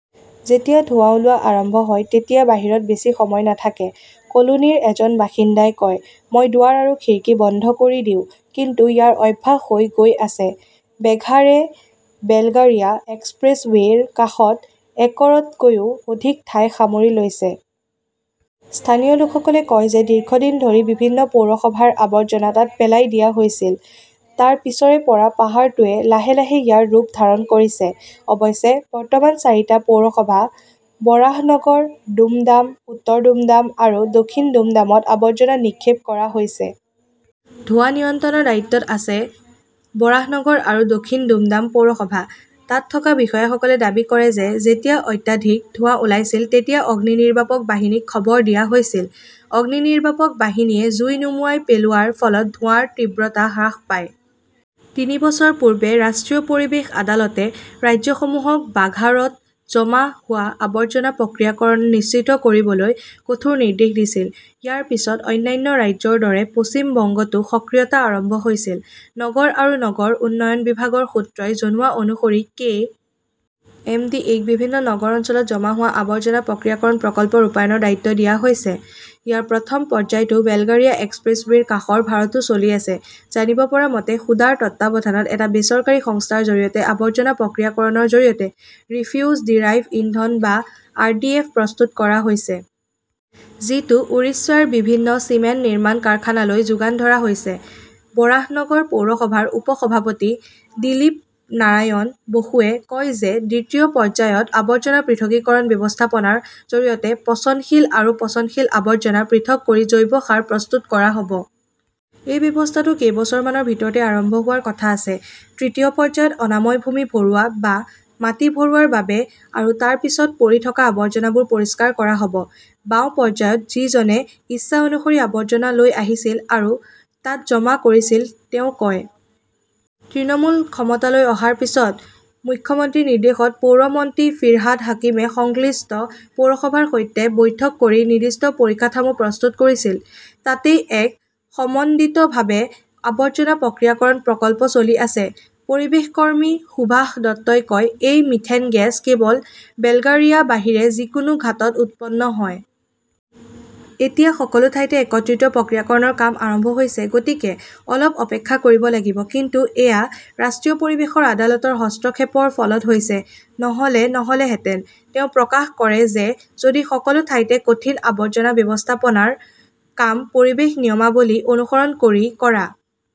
"যেতিয়া ধোঁৱা ওলোৱা আৰম্ভ হয় তেতিয়া বাহিৰত বেছি সময় নাথাকে", কলোনীৰ এজন বাসিন্দাই কয়। মই দুৱাৰ আৰু খিৰিকী বন্ধ কৰি দিওঁ। কিন্তু ইয়াৰ অভ্যাস হৈ গৈ আছে। "বেঘাৰে বেলগাৰিয়া এক্সপ্ৰেছৱে 'ৰ কাষত একৰতকৈও অধিক ঠাই সামৰি লৈছে। স্থানীয় লোকসকলে কয় যে দীৰ্ঘদিন ধৰি বিভিন্ন পৌৰসভাৰ আৱৰ্জনা তাত পেলাই দিয়া হৈছিল। তাৰ পিছৰে পৰা পাহাৰটোৱে লাহে লাহে ইয়াৰ ৰূপ ধাৰণ কৰিছে। অৱশ্যে, বৰ্তমান চাৰিটা পৌৰসভা-বৰাহনগৰ, দুমডাম, উত্তৰ দুমডাম আৰু দক্ষিণ দুমডামত আবৰ্জনা নিক্ষেপ কৰা হৈছে। ধোঁৱা নিয়ন্ত্ৰণৰ দায়িত্বত আছে বৰাহনগৰ আৰু দক্ষিণ দুমডাম পৌৰসভা। তাত থকা বিষয়াসকলে দাবী কৰে যে যেতিয়া অত্যাধিক ধোঁৱা ওলাইছিল তেতিয়া অগ্নিনিৰ্বাপক বাহিনীক খবৰ দিয়া হৈছিল। অগ্নিনিৰ্বাপক বাহিনীয়ে জুই নুমুৱাই পেলোৱাৰ ফলত ধোঁৱাৰ তীব্ৰতা হ্ৰাস পায়। তিনি বছৰ পূৰ্বে ৰাষ্ট্ৰীয় পৰিৱেশ আদালতে ৰাজ্যসমূহক বাঘাৰত জমা হোৱা আৱৰ্জনা প্ৰক্ৰিয়াকৰণ নিশ্চিত কৰিবলৈ কঠোৰ নিৰ্দেশ দিছিল। ইয়াৰ পিছত অন্যান্য ৰাজ্যৰ দৰে পশ্চিম বংগতো সক্ৰিয়তা আৰম্ভ হৈছিল। নগৰ আৰু নগৰ উন্নয়ন বিভাগৰ সূত্ৰই জনোৱা অনুসৰি কে. এম. ডি. এ. -ক বিভিন্ন নগৰ অঞ্চলত জমা হোৱা আৱৰ্জনা প্ৰক্ৰিয়াকৰণ প্ৰকল্প ৰূপায়ণৰ দায়িত্ব দিয়া হৈছে। ইয়াৰ প্ৰথম পৰ্যায়টো বেলগাৰিয়া এক্সপ্ৰেছৱে 'ৰ কাষৰ ভাৰতো চলি আছে। জানিব পৰা মতে, সুদাৰ তত্বাৱধানত এটা বেচৰকাৰী সংস্থাৰ জৰিয়তে আৱৰ্জনা প্ৰক্ৰিয়াকৰণৰ জৰিয়তে ৰিফিউজ ডিৰাইভড ইন্ধন বা আৰডিএফ প্ৰস্তুত কৰা হৈছে। যিটো উৰিষ্যাৰ বিভিন্ন চিমেণ্ট নিৰ্মাণ কাৰখানালৈ যোগান ধৰা হৈছে। বৰাহনগৰ পৌৰসভাৰ উপ-সভাপতি দিলীপনাৰায়ণ বসুৱে কয় যে দ্বিতীয় পৰ্যায়ত আৱৰ্জনা পৃথকীকৰণ ব্যৱস্থাপনাৰ জৰিয়তে পচনশীল আৰু পচনশীল আৱৰ্জনা পৃথক কৰি জৈৱ সাৰ প্ৰস্তুত কৰা হ "ব। এই ব্যৱস্থাটো কেইবছৰমানৰ ভিতৰতে আৰম্ভ হোৱাৰ কথা আছে। তৃতীয় পৰ্যায়ত 'অনাময় ভূমি ভৰোৱা "বা মাটি ভৰোৱাৰ বাবে আৰু তাৰ পিছত পৰি থকা আৱৰ্জনাবোৰ পৰিষ্কাৰ কৰা হ" ব। "বাওঁ পৰ্যায়ত, যিজনে ইচ্ছা অনুসৰি আৱৰ্জনা লৈ আহিছিল আৰু তাত জমা কৰিছিল", তেওঁ কয়। তৃণমূল ক্ষমতালৈ অহাৰ পিছত মুখ্যমন্ত্ৰীৰ নিৰ্দেশত পৌৰ মন্ত্ৰী ফিৰহাদ হকীমে সংশ্লিষ্ট পৌৰসভাৰ সৈতে বৈঠক কৰি নিৰ্দিষ্ট পৰিকাঠামো প্ৰস্তুত কৰিছিল। তাতেই এক সমন্বিতভাৱে আৱৰ্জনা প্ৰক্ৰিয়াকৰণ প্ৰকল্প চলি আছে। "পৰিৱেশ কৰ্মী সুভাষ দত্তই কয়", "এই মিথেন গেছ কেৱল বেলগাৰিয়াৰ বাহিৰে যিকোনো ঘাটত উৎপন্ন হয়। " এতিয়া সকলো ঠাইতে একত্ৰিত প্ৰক্ৰিয়াকৰণৰ কাম আৰম্ভ হৈছে। গতিকে অলপ অপেক্ষা কৰিব লাগিব। কিন্তু এয়া ৰাষ্ট্ৰীয় পৰিৱেশ আদালতৰ হস্তক্ষেপৰ ফলত হৈছে। নহ "লে নহ" লহেঁতেন। "তেওঁ প্ৰকাশ কৰে যে যদি সকলো ঠাইতে কঠিন আৱৰ্জনা ব্যৱস্থাপনাৰ কাম পৰিৱেশ নিয়মাৱলী অনুসৰণ কৰি কৰা